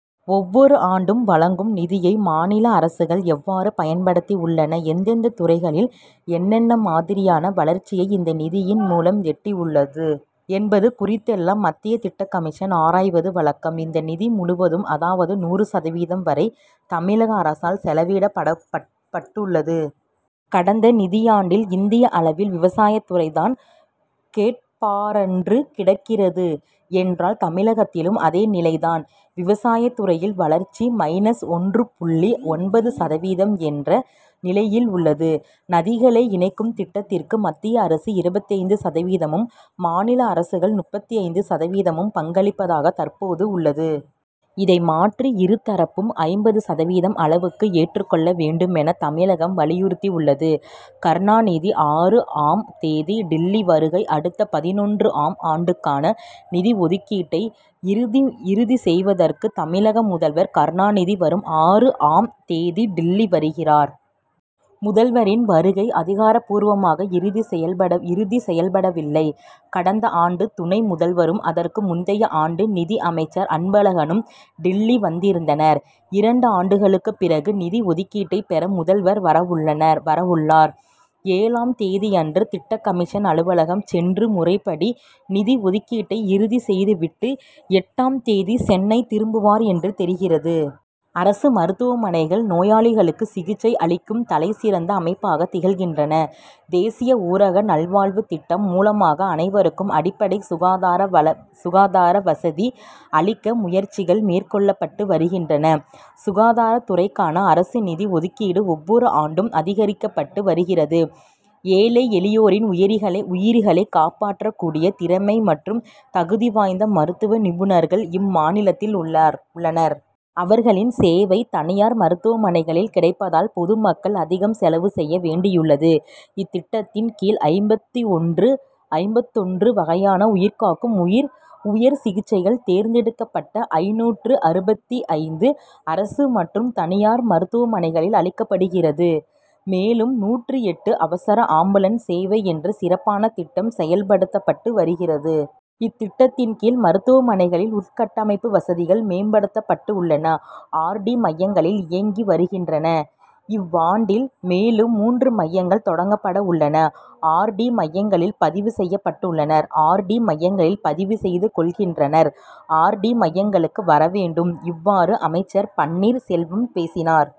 ஒவ்வொரு ஆண்டும் வழங்கும் நிதியை மாநில அரசுகள் எவ்வாறு பயன்படுத்தியுள்ளன எந்தெந்த துறைகளில் என்னென்ன மாதிரியான வளர்ச்சியை இந்த நிதியின் மூலம் எட்டியுள்ளது என்பது குறித்தெல்லாம் மத்திய திட்டக்கமிஷன் ஆராய்வது வழக்கம். இந்த நிதி முழுவதும் அதாவது நூறு சதவீதம் வரை தமிழக அரசால் செலவிடப் பட்டுள்ளது. கடந்த நிதியாண்டில் இந்திய அளவில் விவசாயத்துறை தான் கேட்பாரற்று கிடக்கிறது என்றால் தமிழகத்திலும் அதே நிலை தான். விவசாயத் துறையில் வளர்ச்சி மைனஸ் ஒன்று புள்ளி ஒன்பது சதவீதம் என்ற நிலையில் உள்ளது. நதிகளை இணைக்கும் திட்டத்திற்கு மத்திய அரசு இருபத்தைந்து சதவீதமும் மாநில அரசுகள் முப்பத்தைந்து சதவீதமும் பங்களிப்பதாக தற்போது உள்ளது. இதை மாற்றி இரு தரப்பும் ஐம்பது சதவீதம் அளவுக்கு ஏற்றுக்கொள்ள வேண்டுமென தமிழகம் வலியுறுத்தியுள்ளது. கருணாநிதி ஆறு ஆம் தேதி டில்லி வருகை அடுத்த பதினொன்று ஆம் ஆண்டுக்கான நிதி ஒதுக்கீட்டை இறுதி இறுதி செய்வதற்கு தமிழக முதல்வர் கருணாநிதி வரும் ஆறு ஆம் தேதி டில்லி வருகிறார். முதல்வரின் வருகை அதிகாரப்பூர்மாக இறுதி செயல்படவில்லை இறுதி செயல்படவில்லை. கடந்த ஆண்டு துணை முதல்வரும் அதற்கு முந்தைய ஆண்டு நிதி அமைச்சர் அன்பழகனும் டில்லி வந்திருந்தனர். இரண்டு ஆண்டுகளுக்கு பிறகு நிதி ஒதுக்கீட்டை பெற முதல்வர் வரவுள்ளனர் வரவுள்ளார். ஏழாம் தேதியன்று திட்டக்கமிஷன் அலுவலகம் சென்று முறைப்படி நிதி ஒதுக்கீட்டை இறுதி செய்துவிட்டு எட்டு ஆம் தேதி சென்னை திரும்புவார் என்று தெரிகிறது. அரசு மருத்துவமனைகள் நோயாளிகளுக்கு சிகிச்சை அளிக்கும் தலை சிறந்த அமைப்பாக திகழ்கின்றன. தேசிய ஊரக நல்வாழ்வுத் திட்டம் மூலமாக அனைவருக்கும் அடிப்படை சுகாதார சுகாதார வசதி அளிக்க முயற்சிகள் மேற்கொள்ளப்பட்டு வருகின்றன. சுகாதாரத் துறைக்கான அரசு நிதி ஒதுக்கீடு ஒவ்வொரு ஆண்டும் அதிகரிக்கப்பட்டு வருகிறது. ஏழை எளியோரின் உயிரிகளை உயிரிகளை காப்பாற்றக் கூடிய திறமை மற்றும் தகுதி வாய்ந்த மருத்துவ நிபுணர்கள் இம் மாநிலத்தில் உள்ளார் உள்ளனர். அவர்களின் சேவை தனியார் மருத்துவமனைகளில் கிடைப்பதால் பொது மக்கள் அதிகம் செலவு செய்ய வேண்டியுள்ளது. இத்திட்டத்தின் கீழ் ஐம்பத்தொன்று ஐம்பத்தி ஒன்று வகையான உயிர்காக்கும் உயர் உயர் சிகிச்சைகள் தேர்ந்தெடுக்கப் பட்ட ஐநூற்று அறுபத்தைந்து அரசு மற்றும் தனியார் மருத்துவமனைகளில் அளிக்கப்படுகிறது. மேலும் நூற்று எட்டு அவசர ஆம்புலன்ஸ் சேவை என்ற சிறப்பான திட்டம் செயல்படுத்தப்பட்டு வருகிறது. இத்திட்டத்தின் கீழ் மருத்துவமனைகளின் உள்கட்டமைப்பு வசதிகள் மேம்படுத்தப் பட்டுள்ளன. ஆர். டி. மையங்கள் இயங்கி வருகின்றன. இவ்வாண்டில் மேலும் மூன்று மையங்கள் தொடங்கப்படவுள்ளன. ஆர். டி.மையங்களில் பதிவு செய்யப்பட்டுள்ளனர். ஆர். டி. மையங்களில் பதிவு செய்து கொள்கின்றனர். ஆர். டி. மையங்களுக்கு வரவேண்டும். இவ்வாறு அமைச்சர் பன்னீர் செல்வம் பேசினார்.